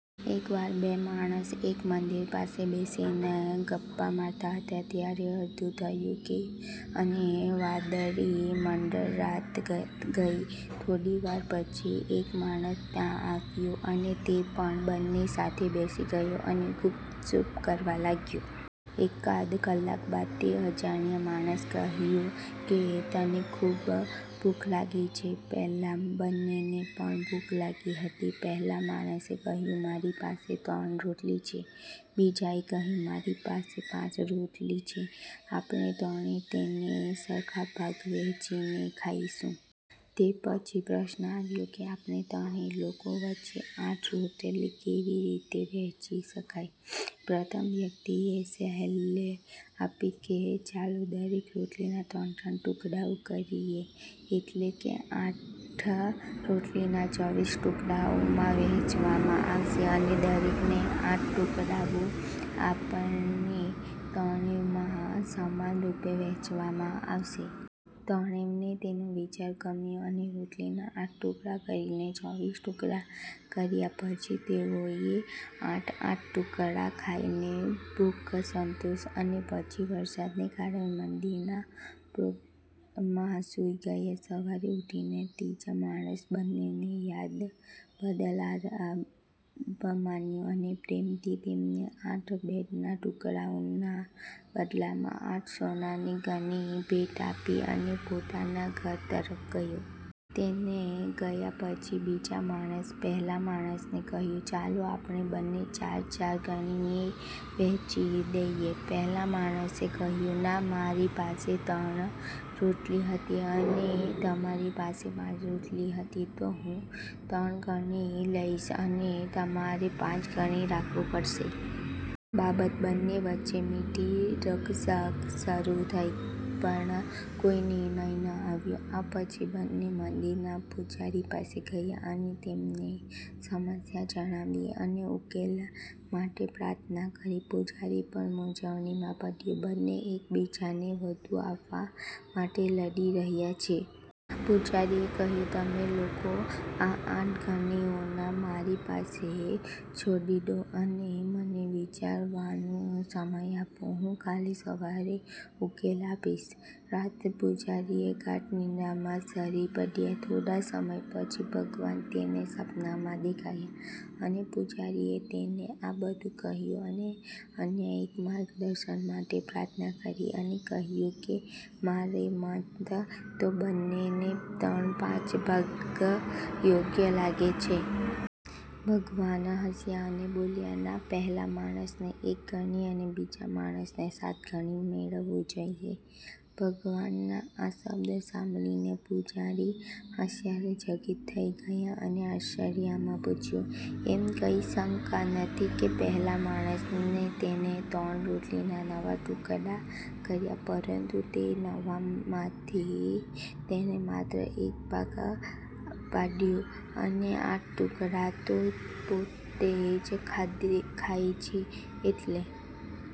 એકવાર બે માણસો એક મંદિર પાસે બેસીને ગપ્પાં મારતા હતા. ત્યાં અંરુદુ થયું કે અને વાદળો મંડરા ગયા. થોડી વાર પછી એક માણસ ત્યાં આવ્યો અને તે પણ બંને સાથે બેસી ગયો અને ગપસપ કરવા લાગ્યો. એકાદ કલાક બાદ તે અજાણ્યા માણસે કહ્યું કે તેને ખૂબ ભૂખ લાગી છે, પેલા બંનેને પણ ભૂખ લાગી હતી. પહેલા માણસે કહ્યું, મારી પાસે ત્રણ રોટલી છે, બીજાએ કહ્યું, મારી પાસે પાંચ રોટલી છે, આપણે ત્રણેય તેને સરખા ભાગે વહેંચીને ખાઈશું. તે પછી પ્રશ્ન આવ્યો કે આપણે ત્રણ લોકો વચ્ચે આઠ રોટલી કેવી રીતે વહેંચી શકીએ? પ્રથમ વ્યક્તિએ સલાહ આપી કે ચાલો દરેક રોટલીના ત્રણ-ત્રણ ટુકડાઓ કરીએ એટલે કે, આઠ રોટલીને ચોવીસ ટુકડાઓમાં વહેંચવામાં આવશે અને દરેકને આઠ ટુકડાઓ આપણા ત્રણેયમાં સમાનરૂપે વહેંચવામાં આવશે. ત્રણેયને તેનો વિચાર ગમ્યો અને રોટલીના આઠ ટુકડા કરીને ચોવીસ ટુકડા કર્યા પછી, તેઓએ આઠ – આઠ ટુકડા ખાઈને ભૂખ સંતોષી અને પછી વરસાદને કારણે મંદિરના પમાં સૂઈ ગયા. સવારે ઉઠીને, ત્રીજા માણસે બંનેની દયા બદલ આભાર માન્યો અને પ્રેમથી તેમને આઠ બ્રેડના ટુકડાના બદલામાં આઠ સોનાની ગીની ભેટ આપી અને પોતાના ઘર તરફ ગયો. તેના ગયા પછી, બીજા માણસે પહેલા માણસને કહ્યું, ચાલો આપણે બંને ચાર-ચાર ગિનીઓ વહેંચી લઈએ. પહેલા માણસે કહ્યું ના, મારી પાસે ત્રણ રોટલી હતી અને તમારી પાસે પાંચ રોટલી હતી, તો હું ત્રણ ગીની લઈશ, અને તમારે પાંચ ગીની રાખવા પડશે. આ બાબતે બંને વચ્ચે મીઠી રકઝક શરૂ થઈ પણ કોઈ નિર્ણય ન આવ્યો. આ પછી બંને મંદિરના પૂજારી પાસે ગયા અને તેમને સમસ્યા જણાવી અને ઉકેલ માટે પ્રાર્થના કરી. પૂજારી પણ મૂંઝવણમાં પડ્યા, બંને એકબીજાને વધુ આપવા માટે લડી રહ્યા છે. પૂજારીએ કહ્યું, તમે લોકો આ આઠ ગીનીઓને મારી પાસે છોડી દો અને મને વિચારવાનો સમય આપો, હું કાલે સવારે ઉકેલ આપીશ. રાત્રે પૂજારી ગાઢ નિંદ્રામાં સરી પડ્યો. થોડા સમય પછી, ભગવાન તેના સ્વપ્નમાં દેખાયા અને પૂજારીએ તેને આ બધું કહ્યું અને ન્યાયિક માર્ગદર્શન માટે પ્રાર્થના કરી અને કહ્યું કે મારા મતે તો બંને ને ત્રણ-પાંચ ભાગ યોગ્ય લાગે છે. ભગવાન હસ્યા અને બોલ્યા – ના, પહેલા માણસને એક ગિની અને બીજા માણસને સાત ગિની મળવા જોઈએ. ભગવાનના આ શબ્દો સાંભળીને પૂજારી આશ્ચર્યચકિત થઈ ગયા અને આશ્ચર્યમાં પૂછ્યું – એમાં કોઈ શંકા નથી કે પહેલા માણસે તેની ત્રણ રોટલીના નવ ટુકડા કર્યા પરંતુ તે નવ માંથી તેણે માત્ર એક ભાગ પાડ્યો અને આઠ ટુકડા તો પોતે જ ખાધા છે એટલે.